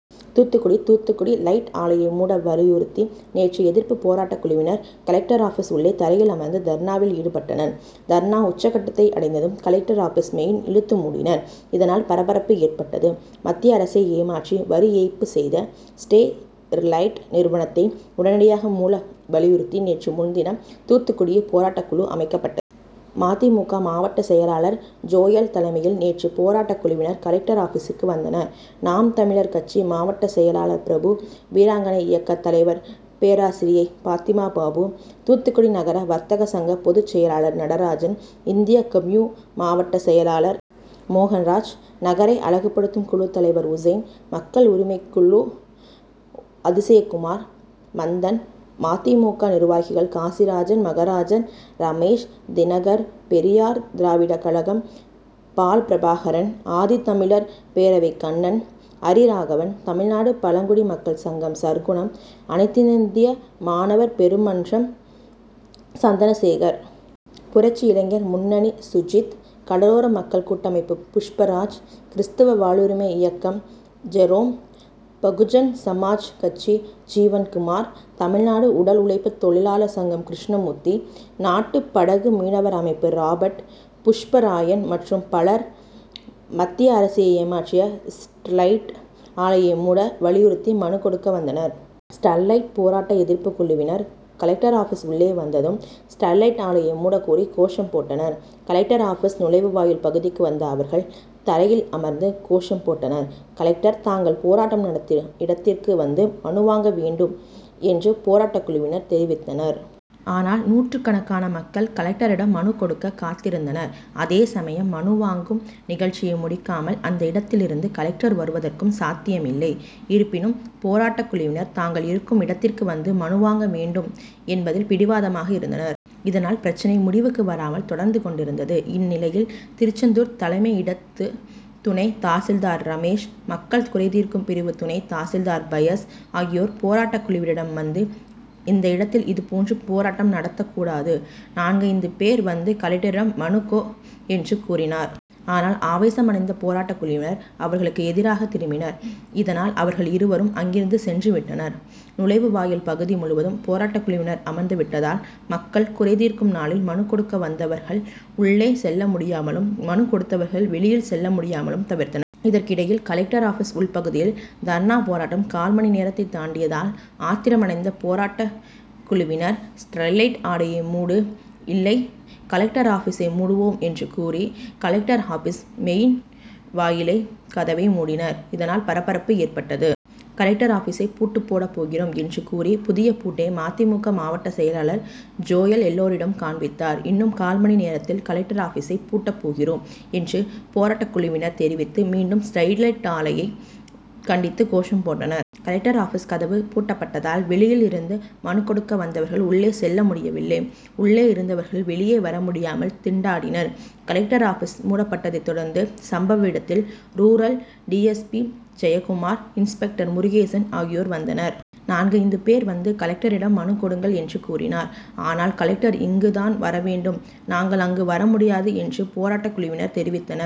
தூத்துக்குடி தூத்துக்குடி லைட் ஆலையம் மூட வலியுறுத்தி நேற்று எதிர்ப்பு பேரா ட்டக்குழுவினர் கலெக்டர் ஆபிஸ் உள்ளே தரையில் அமர்ந்து தர்ணாவில் ஈடுபட்டனர். தர்ணா உச்சகட்டத்தை அடைந்ததும் கலெ க்டர் ஆபிஸ் மெயின் இழுத்து மூடினர். இதனால் பரபரப்பு ஏற்பட்டது. மத்திய அரசை ஏமாற்றி வரிஏய்ப்பு செய்த ஸ்டெ ர்லைட் நிறுவனத்தை உடனடியாக மூட வலியுறுத்தி நேற்று முன்தினம் தூத்துக்குடியில் போராட்டக்குழு அமைக்கப்பட்ட. மதிமுக மாவட்ட செயலாளர் ஜோயல் தலைமையில் நேற்று போராட்டக்குழுவினர் கலெக்டர் ஆபிசிற் கு வந்தனர். நாம் தமிழர் கட்சி மாவட்ட செயலாளர் பிரபு, வீராங்கனை இயக்கத் தலைவர் பேராசிரியை பாத்திமாபாபு, தூத்துக்குடி நகர வர்த்தக சங்க பொதுச் செயலாளர் நடராஜன், இந்திய கம்யு., மாவட்ட செயலாளர் மோகன்ராஜ், நகரை அழகுபடுத்தும் குழு தலைவர் உசேன், மக்கள் உரிமைக்கு ழு அதிசயகுமார், மந்தன், மதிமுக நிர்வாகிகள் காசிராஜன், மகராஜன், ரமேஷ், தினகர், பெரியார் திராவிட கழகம் பால்பிரபாகரன், ஆதித்தமிழர் பேரவை கண்ணன், ஹரிராகவன், தமிழ்நாடு பழங்குடி மக்கள் சங்கம் சற்குணம், அனைத்திந்திய மாணவர் பெருமன்றம் சந்தனசேகர், புரட்சி இளைஞர் முன்ன ணி சுஜித், கடலோர மக்கள் கூட்டமைப்பு புஷ்பராஜ், கிறிஸ்தவ வாழ்வுரிமை இய க்கம் ஜெரோம், பகுஜன் சமாஜ் கட்சி ஜீவன்குமார், தமிழ்நாடு உடல் உழைப்பு தொழிலாளர் சங்கம் கிருஷ்ணமூர்த்தி, நாட்டு படகு மீனவர் அமைப்பு ராபர்ட், புஷ்பராயன் மற்றும் பலர் மத்திய அரசை ஏமாற்றிய ஸ் டெலைட் ஆலையை மூ ட வலியுறுத்தி மனுக் கொ டுக்க வந்தனர். ஸ்டெர்லைட் போராட்ட எதிர்ப்பு குழுவினர் கலெக்டர் ஆபிஸ் உள்ளே வந்ததும் ஸ்டெர்லைட் ஆலையை மூடக்கோரி கோஷம்போட்டனர். கலெ க்டர் ஆபிஸ் நுழைவு வா யில் பகுதிக்கு வந்த அவர்கள் தரையில் அமர்ந்து கோ ஷம் போட்டனர். கலெக்டர் தாங்கள் போராட்டம் நடத்தும் இடத்திற்கு வந்து மனு வாங்க வேண்டும் என் று போராட்ட குழுவினர் தெரிவித்தனர். ஆனால் நூற்றுக்கணக்கான மக்கள் கலெ க்டரிடம் மனுக் கொடுக்க காத்திருந்தனர். அதே சமயம் மனு வாங்கும் நிக ழ்ச்சியை முடிக்காமல் அந்த இடத்தில் இருந்து கலெக்டர் வருவதற்கும் சாத்தியமி ல்லை. இருப்பினும் போ ராட்டக்குழுவினர் தாங்கள் இருக்கும் இடத்திற்கு வந்து மனுவாங்க வேண்டும் என்பதில் பிடிவாதமாக இருந்தனர். இதனால் பிரச்னை மு டிவுக்கு வராமல் தொடர்ந்து கொண்டிருந்தது. இந் நிலையில் திருச்செந்தூர் தலைமை இடத்து துணை தாசில்தார் ரமேஷ், மக்கள் குறைதீர்க்கும் பிரிவு துணை தாசில்தார் பயஸ் ஆகியோர் போராட்டக்குழவினரிடம் வந்து இந்த இட த்தில் இதுபோன்று போ ராட்டம் நடத்த கூடாது. நான்கைந்து பேர் வந்து கலெக்டரிடம் மனுக் கெ என்று கூறினர். ஆனால் ஆவேசமடைந்த போராட்டக்குழுவினர் அவ ர்களுக்கு எதிராக திரும்பினர். இதனால் அவர்கள் இ ருவரும் அங்கிருந்து சென்று விட்டனர். நுழைவு வாயில் பகுதி முழுவதும் போராட்டக்குழுவினர் அமர்ந்து விட்டதால் மக்கள் குறைதீர்க்குள் நாளில் மனுக் கொடுக்க வந்தவர்கள் உள்ளே செல்ல முடியாமலும், மனுக் கொ டுத்தவர்கள் வெளியில் செ ல்ல முடியாமலும் தவித்தன. இதற்கிடையில் கலெக்டர் ஆபிஸ் உள் பகுதியில் தர்ணா போராட்டம் கால் மணி நேரத்தை தாண்டியதால் ஆத்திரமடைந்த போ ராட்டக்குழுவினர் ஸ்டெர்லைட் ஆலையை மூடு, இல்லை கலெக்டர் ஆபி சை மூடுவோம் என்று கூறி, கலெக்டர் ஆபிசின் மெ யின் வாயில் கதவை பூட்டினர். இதனால் பரபரப்பு ஏற்பட்டது. கலெக்டர் ஆபிசை பூட்டு போடப் போகிறோம் என்று கூறி புதிய பூட்டை மதிமுக மாவட்ட செயலாளர் ஜோயல் எல்லோரிடம் காண்பித்தார். இன்னும் கால் மணி நேரத்தில் கலெக்டர் ஆபிசை பூட்டப் போகிறோம் என்று போராட்டக்குழுவினர் தெரிவித்து மீண்டும் ஸ்டெர்லைட் ஆ லையை கண்டித்து கோஷம் போட்டனர். கலெக்டர் ஆபி ஸ் கதவு பூட்டப்பட்டதால் வெளியில் இருந்து மனுக் கொடுக்க வந்தவர்கள் உள் ளே செல்ல முடியவில்லை. உள்ளே இருந்தவர்கள் வெ ளியே வர முடியாமல் திண்டாடினர். கலெக்டர் ஆபிஸ் மூடப்பட்டதை தொடர்ந்து சம்பவ இடத்தில் rural D. S. P Jayakumar, inspector Murugesan ஆகியோர் வந்தனர். நான்கைந்து பேர் வந்து கலெக்டரிடம் மனுக் கொடுங்கள் என்று கூறினார். ஆனால் கலெக்டர் இங்கு தான் வரவேண்டும். நாங்கள் அங்கு வரமுடியாது என்று போராட்டக்குழுவினர் தெரிவித்தனர்.